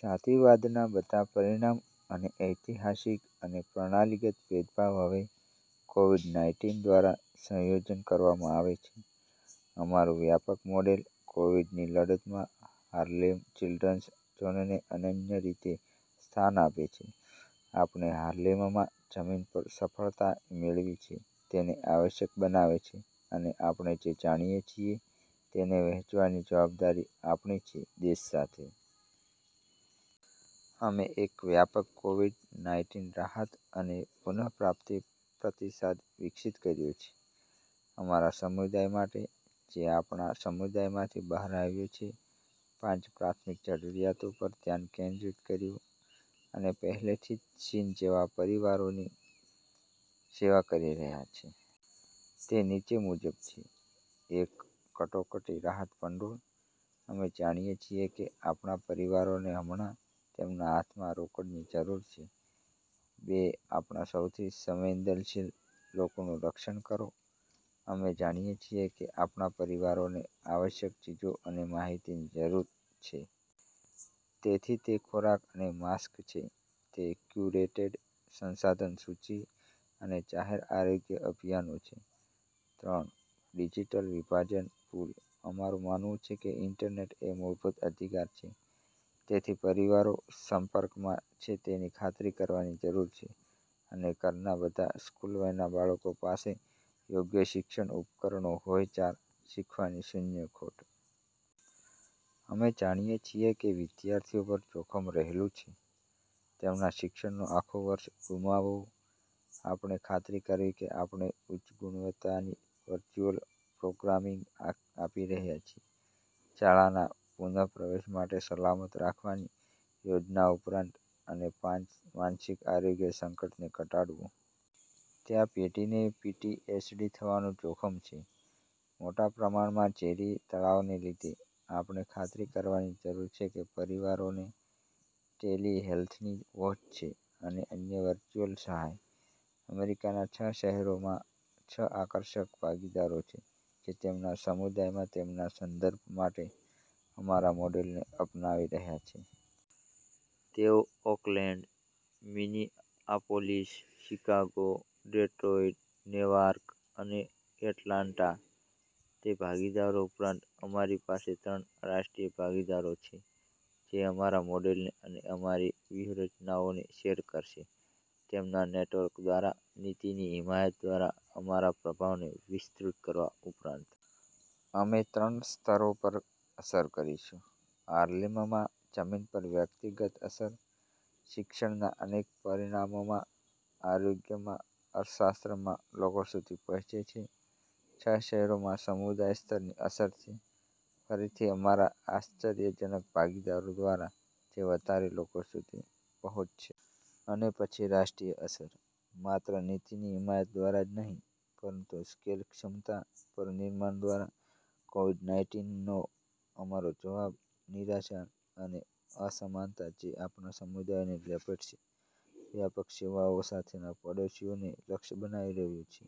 જાતિવાદના બધા પરિણામ અને ઐતિહાસિક અને પ્રણાલીગત ભેદભાવ હવે કોવિડ-નાઈનટીન દ્વારા સંયોજન કરવામાં આવે છે. અમારું વ્યાપક મોડેલ કોવિડ ની લડતમાં હાર્લેમ ચિલ્ડ્રન્સ ઝોનને અનન્ય રીતે સ્થાન આપે છે. આપણે હાર્લેમમાં જમીન પર સફળતા મેળવી છે તેને આવશ્યક બનાવે છે, અને આપણે જે જાણીએ છીએ તેને વહેંચવાની જવાબદારી આપણી છે દેશ સાથે. અમે એક વ્યાપક કોવિડ - નાઈનટીન રાહત અને પુનપ્રાપ્તિ પ્રતિસાદ વિકસિત કર્યો છે અમારા સમુદાય માટે, જે આપણા સમુદાયમાંથી બહાર આવ્યું છે, પાંચ પ્રાથમિક જરૂરિયાતો પર ધ્યાન કેન્દ્રિત કર્યું, અને પહેલેથી જ સીન જેવા પરિવારોની સેવા કરી રહ્યાં છે. તે નીચે મુજબ છે. એક, કટોકટી રાહત ભંડોળ. અમે જાણીએ છીએ કે આપણા પરિવારોને હમણાં તેમના હાથમાં રોકડની જરૂર છે. બે, આપણા સૌથી સંવેદનશીલ લોકોનું રક્ષણ કરો. અમે જાણીએ છીએ કે આપણા પરિવારોને આવશ્યક ચીજો અને માહિતીની જરૂર છે. તેથી તે ખોરાક અને માસ્ક છે, તે ક્યુરેટેડ સંસાધન સૂચિ અને જાહેર આરોગ્ય અભિયાનો છે. ત્રણ, ડિજિટલ વિભાજન પુલ. અમારું માનવું છે કે ઇન્ટરનેટ એ મૂળભૂત અધિકાર છે. તેથી પરિવારો સંપર્કમાં છે તેની ખાતરી કરવાની જરૂર છે, અને ઘરનાં બધાં સ્કૂલ-વયનાં બાળકો પાસે યોગ્ય શિક્ષણ ઉપકરણો હોય ચાર, શીખવાની શૂન્ય ખોટ. અમે જાણીએ છીએ કે વિદ્યાર્થીઓ પર જોખમ રહેલું છે તેમના શિક્ષણનું આખું વર્ષ ગુમાવવું. આપણે ખાતરી કરવી કે આપણે ઉચ્ચગુણવત્તાની વર્ચ્યુઅલ પ્રોગ્રામિંગ આપી રહ્યાં છીએ, શાળાના પુનપ્રવેશ માટે સલામત રાખવાની યોજના ઉપરાંત. અને પાંચ, માનસિક આરોગ્ય સંકટને ઘટાડવું. ત્યાં પેઢીને પીટીએસડી થવાનું જોખમ છે, મોટા પ્રમાણમાં ઝેરી તણાવને લીધે. આપણે ખાતરી કરવાની જરૂર છે કે પરિવારોને ટેલિહેલ્થની પહોંચ છે અને અન્ય વર્ચુઅલ સહાય. અમેરીકાના છ શહેરોમાં છ આકર્ષક ભાગીદારો છે જે તેમના સમુદાયમાં તેમના સંદર્ભ માટે અમારા મોડેલને અપનાવી રહ્યા છે. તેઓ Oakland, Minneapolis, Chicago, Detroit, Newark અને એટલાન્ટા. તે ભાગીદારો ઉપરાંત, અમારી પાસે ત્રણ રાષ્ટ્રીય ભાગીદારો છે, જે અમારા મોડેલને અને અમારી વ્યૂહરચનાઓને શેર કરશે તેમના નેટવર્ક દ્વારા, નીતિની હિમાયત દ્વારા અમારા પ્રભાવને વિસ્તૃત કરવા ઉપરાંત. અમે ત્રણ સ્તરો પર અસર કરીશું. હાર્લેમમાં જમીન પર વ્યક્તિગત અસર, શિક્ષણના અનેક પરિણામોમાં, આરોગ્ય માં, અર્થશાસ્ત્ર માં, લોકો સુધી પહોંચે છે. છ શહેરોમાં સમુદાય-સ્તરની અસર છે, ફરીથી અમારા આશ્ચર્યજનક ભાગીદારો દ્વારા, જે વધારે લોકો સુધી પહોંચશે. અને પછી રાષ્ટ્રીય અસર, માત્ર નીતિની હિમાયત દ્વારા જ નહીં, પરંતુ સ્કેલ ક્ષમતા પર નિર્માણ દ્વારા. કોવિડ -નાઈનટીન નો અમારો જવાબ, નિરાશા અને અસમાનતા જે આપણા સમુદાયોને લપેટશે, વ્યાપક સેવાઓ સાથેના પડોશીઓને લક્ષ્ય બનાવી રહ્યું છે.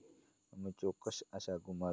અમે ચોક્કસ આશા ગુમાવી નથી.